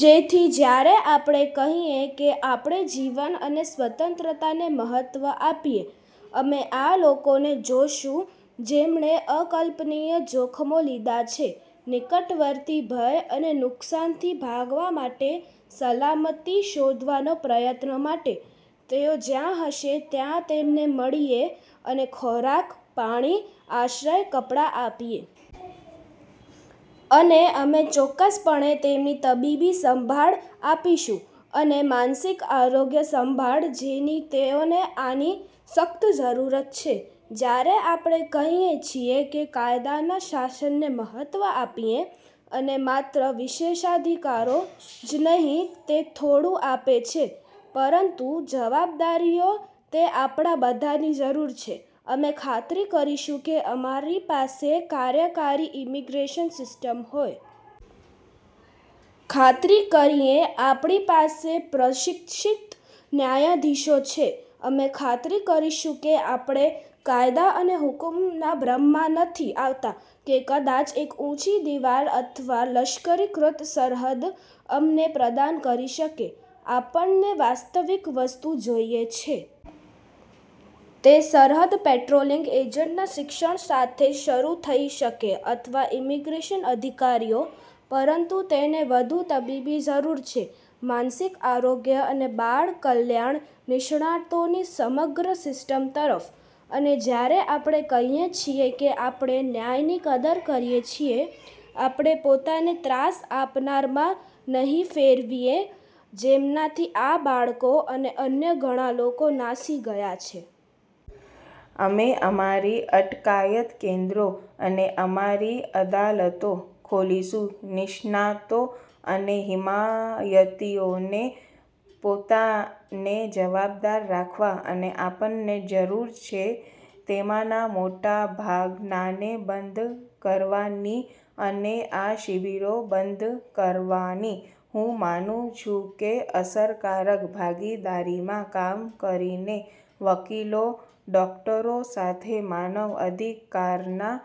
જેથી જ્યારે આપણે કહીએ કે આપણે જીવન અને સ્વતંત્રતાને મહત્ત્વ આપીએ, અમે આ લોકોને જોશું જેમણે અકલ્પનીય જોખમો લીધા છે નિકટવર્તી ભય અને નુકસાન થી ભાગવા માટે સલામતી શોધવાનો પ્રયત્ન માટે. તેઓ જ્યાં હશે ત્યાં તેમને મળીએ અને ખોરાક, પાણી, આશ્રય, કપડાં આપીએ. અને અમે ચોક્કસપણે તેમની તબીબી સંભાળ આપીશું અને માનસિક આરોગ્ય સંભાળ જેની તેઓને આની સખત જરૂર છે. જ્યારે આપણે કહીએ છીએ કે કાયદાના શાસનને મહત્વ આપીએ, અને માત્ર વિશેષાધિકારો જ નહીં તે થોડું આપે છે પરંતુ જવાબદારીઓ તે આપણા બધાની જરૂર છે, અમે ખાતરી કરીશું કે અમારી પાસે કાર્યકારી ઇમિગ્રેશન સિસ્ટમ હોય. ખાતરી કરીએ આપડી પાસે પ્રશિક્ષિત ન્યાયાધીશો છે અમે ખાતરી કરીશું કે આપડે કાયદા અને હુકમ ના ભ્રમ માં નથી આવતા કે કદાચ એક ઊંચી દિવાલ અથવા લશ્કરીકૃત સરહદ અમને પ્રદાન કરી શકે. આપણને વાસ્તવિક વસ્તુ જોઈએ છે. તે સરહદ પેટ્રોલીંગ એજન્ટ ના શિક્ષણ સાથે શરૂ થઈ શકે અથવા ઇમિગ્રેશન અધિકારીઓ, પરંતુ તેને વધુ તબીબી જરૂર છે, માનસિક આરોગ્ય અને બાળ કલ્યાણ નિષ્ણાતો ની સમગ્ર સિસ્ટમ તરફ. અને જ્યારે આપણે કહીએ છીએ કે આપણે ન્યાયની કદર કરીએ છીએ, આપડે પોતાને ત્રાસ આપનાર માં નહીં ફેરવીએ જેમનાથી આ બાળકો અને અન્ય ઘણા લોકો નાસી ગયા હતા. અમે અમારી અટકાયત કેન્દ્રો અને અમારી અદાલતો ખોલીશુ નિષ્ણાતો અને હિમાયતીઓને પોતાને જવાબદાર રાખવા. અને આપણને જરૂર છે તેમાંના મોટાભાગનાને બંધ કરવા ની અને આ શિબિરો બંધ કરવાની. હું માનું છું કે અસરકારક ભાગીદારીમાં કામ કરીને વકીલો, ડોકટરો સાથે, માનવ અધિકારના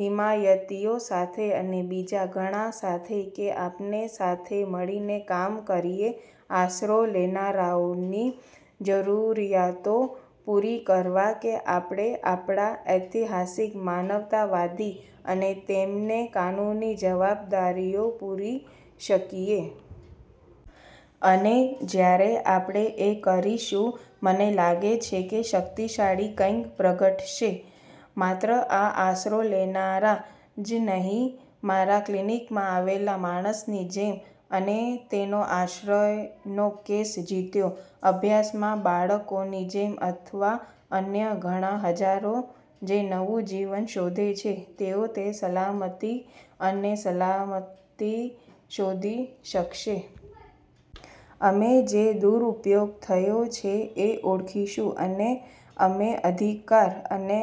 હિમાયતીઓ સાથે અને બીજા ઘણા સાથે, કે આપણે સાથે મળીને કામ કરીએ આશરો લેનારાઓની જરૂરિયાતો પૂરી કરવા કે આપડે આપડા ઐતિહાસિક, માનવતાવાદી અને તેમને કાનૂની જવાબદારીઓ પૂરી શકીએ. અને જ્યારે આપડે એ કરીશું, મને લાગે છે કે શક્તિશાળી કંઈક પ્રગટશે. માત્ર આ આશરો લેનારા જ નહીં મારા ક્લિનિકમાં આવેલા માણસની જેમ અને તેનો આશ્રયનો કેસ જીત્યો, અભ્યાસમાં બાળકોની જેમ અથવા અન્ય ઘણા હજારો જે નવું જીવન શોધે છે, તેઓ તે સલામતી અને સલામતી શોધી શકશે. અમે જે દુરુપયોગ થયો છે એ ઓળખીશું, અને અમે અધિકાર અને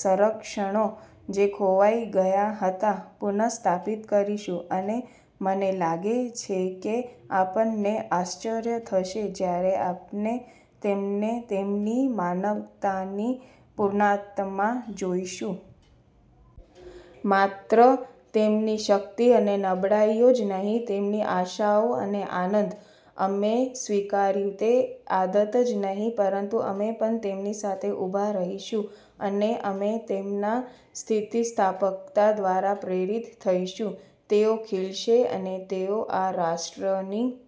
સંરક્ષણો જે ખોવાઈ ગયા હતા પુન:સ્થાપિત કરીશું. અને મને લાગે છે કે આપણને આશ્ચર્ય થશે જ્યારે આપણે તેમને તેમની માનવતાની પૂર્ણતામાં જોઈશું. માત્ર તેમની શક્તિ અને નબળાઇઓ જ નહીં, તેમની આશાઓ અને આનંદ, અમે સ્વીકાર્યું તે આઘાત જ નહીં, પરંતુ અમે પણ તેમની સાથે ઉભા રહીશું અને અમે તેમના સ્થિતિસ્થાપકતા દ્વારા પ્રેરિત થઈશું. તેઓ ખિલશે, અને તેઓ આ રાષ્ટ્રની